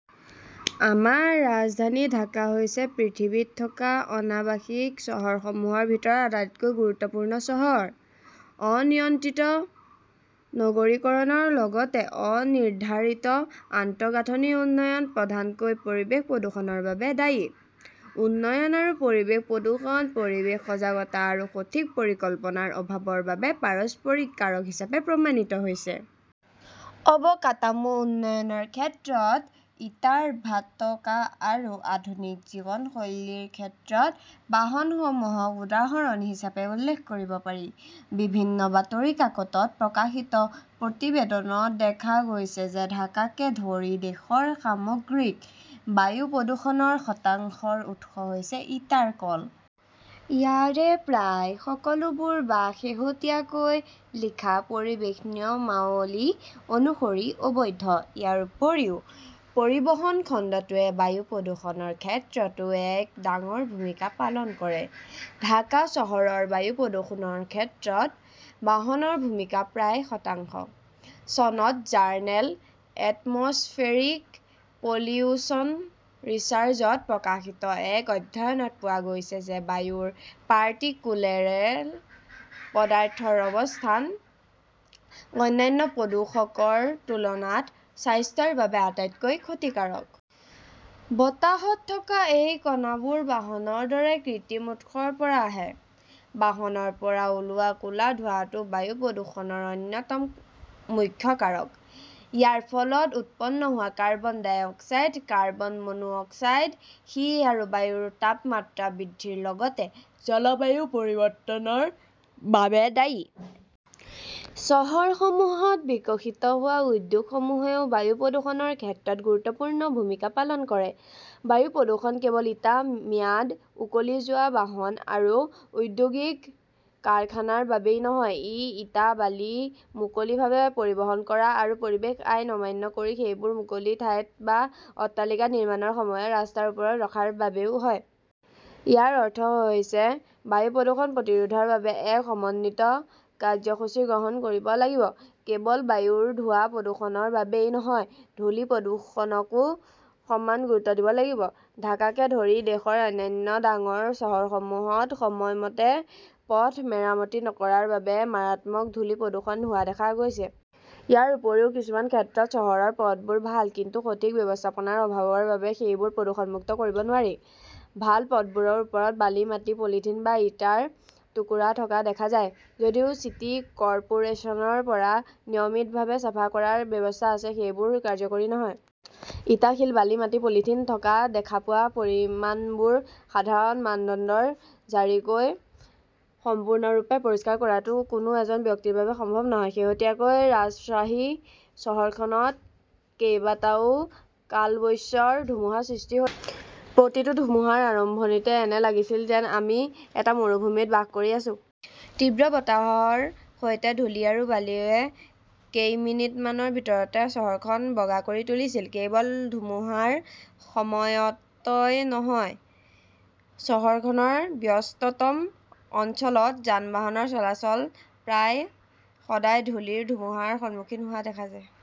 আমাৰ ৰাজধানী ঢাকা হৈছে পৃথিৱীত থকা অনাবাসিক চহৰসমূহৰ ভিতৰত আটাইতকৈ গুৰুত্বপূৰ্ণ চহৰ। অনিয়ন্ত্ৰিত নগৰীকৰণৰ লগতে অনিৰ্ধাৰিত আন্তঃগাঁথনি উন্নয়ন প্ৰধানকৈ পৰিৱেশ প্ৰদূষণৰ বাবে দায়ী। উন্নয়ন আৰু পৰিৱেশ প্ৰদূষণ পৰিৱেশ সজাগতা আৰু সঠিক পৰিকল্পনাৰ অভাৱৰ বাবে পাৰস্পৰিক কাৰক হিচাপে প্ৰমাণিত হৈছে। অবকাটামো উন্নয়নৰ ক্ষেত্ৰত ইটাৰ ভাটকা আৰু আধুনিক জীৱনশৈলীৰ ক্ষেত্ৰত বাহনসমূহক উদাহৰণ হিচাপে উল্লেখ কৰিব পাৰি। বিভিন্ন বাতৰি কাকতত প্ৰকাশিত প্ৰতিবেদনত দেখা গৈছে যে ঢাকাকে ধৰি দেশৰ সামগ্ৰিক বায়ু প্ৰদূষণৰ শতাংশৰ উৎস হৈছে ইটাৰ কল। ইয়াৰে প্ৰায় সকলোবোৰ বা শেহতীয়াকৈ লিখা পৰিৱেশ নিয়মাৱলী অনুসৰি অবৈধ। ইয়াৰ উপৰিও, পৰিবহণ খণ্ডটোৱে বায়ু প্ৰদূষণৰ ক্ষেত্ৰতো এক ডাঙৰ ভূমিকা পালন কৰে। ঢাকা চহৰৰ বায়ু প্ৰদূষণৰ ক্ষেত্ৰত বাহনৰ ভূমিকা প্ৰায় শতাংশ। চনত জাৰ্নেল "এটমছফেৰিক পলিউশ্যন ৰিচাৰ্চ ত প্ৰকাশিত এক অধ্যয়নত পোৱা গৈছে যে বায়ুৰ পাৰ্টিকুলেৰেল পদাৰ্থৰ অৱস্থান অন্যান্য প্ৰদূষকৰ তুলনাত স্বাস্থ্যৰ বাবে আটাইতকৈ ক্ষতিকাৰক। বতাহত থকা এই কণাবোৰ বাহনৰ দৰে কৃত্ৰিম উৎসৰ পৰা আহে। বাহনৰ পৰা ওলোৱা ক 'লা ধোৱাটো বায়ু প্ৰদূষণৰ অন্যতম মুখ্য কাৰক। ইয়াৰ ফলত উৎপন্ন হোৱা carbon dioxide, carbon monoxide, সীহ আদি বায়ুৰ তাপমাত্ৰা বৃদ্ধিৰ লগতে জলবায়ু পৰিৱৰ্তনৰ বাবে দায়ী। চহৰসমূহত বিকশিত হোৱা উদ্যোগসমূহেও বায়ু প্ৰদূষণৰ ক্ষেত্ৰত গুৰুত্বপূৰ্ণ ভূমিকা পালন কৰে। বায়ু প্ৰদূষণ কেৱল ইটা, ম্যাদ উকলি যোৱা বাহন আৰু ঔদ্যোগিক কাৰখানাৰ বাবেই নহয়, ই ইটা-বালি মুকলিভাৱে পৰিবহণ কৰা আৰু পৰিৱেশ আইন অমান্য কৰি সেইবোৰ মুকলি ঠাইত বা অট্টালিকা নিৰ্মাণৰ সময়ত ৰাস্তাৰ ওপৰত ৰখাৰ বাবেও হয়। ইয়াৰ অৰ্থ হৈছে বায়ু প্ৰদূষণ প্ৰতিৰোধৰ বাবে এক সমন্বিত কাৰ্যসূচী গ্ৰহণ কৰিব লাগিব, কেৱল বায়ুৰ ধোৱা প্ৰদূষণৰ বাবেই নহয়, ধূলি প্ৰদূষণকো সমান গুৰুত্ব দিব লাগিব। ঢাকাকে ধৰি দেশৰ অন্যান্য ডাঙৰ চহৰসমূহত সময়মতে পথ মেৰামতি নকৰাৰ বাবে মাৰাত্মক ধূলি প্ৰদূষণ হোৱা দেখা গৈছে। ইয়াৰ উপৰিও, কিছুমান ক্ষেত্ৰত চহৰৰ পথবোৰ ভাল, কিন্তু সঠিক ব্যৱস্থাপনাৰ অভাৱৰ বাবে সেইবোৰ প্ৰদূষণমুক্ত কৰিব নোৱাৰি। ভাল পথবোৰৰ ওপৰত বালি, মাটি, পলিথিন বা ইটাৰ টুকুৰা থকা দেখা যায়। যদিও চিটি কৰ্পোৰেচনৰ পৰা নিয়মিতভাৱে চাফা কৰাৰ ব্যৱস্থা আছে, সেইবোৰ কাৰ্যকৰী নহয়। ইটা-শিল-বালি-মাটি-পলিথিন থকা দেখা পোৱা পৰিমাণবোৰ সাধাৰণ মানদণ্ডৰ ঝাৰিকৈ সম্পূৰ্ণৰূপে পৰিষ্কাৰ কৰাটো কোনো এজন ব্যক্তিৰ বাবে সম্ভৱ নহয়। শেহতীয়াকৈ ৰাজশ্বাহী চহৰখনত কেইবাটাও কালবৈশ্বৰ ধুমুহাৰ সৃষ্টি হৈছিল। প্ৰতিটো ধুমুহাৰ আৰম্ভণিতে এনে লাগিছিল যেন আমি এটা মৰুভূমিত বাস কৰি আছো। তীব্ৰ বতাহৰ সৈতে ধূলি আৰু বালিৱে কেইমিনিটমানৰ ভিতৰতে চহৰখনক বগা কৰি তুলিছিল। কেৱল ধুমুহাৰ সময়তই নহয়, চহৰখনৰ ব্যস্ততম অঞ্চলত যান-বাহনৰ চলাচল প্ৰায় সদায় ধূলিৰ ধুমুহাৰ সন্মুখীন হোৱা দেখা যায়।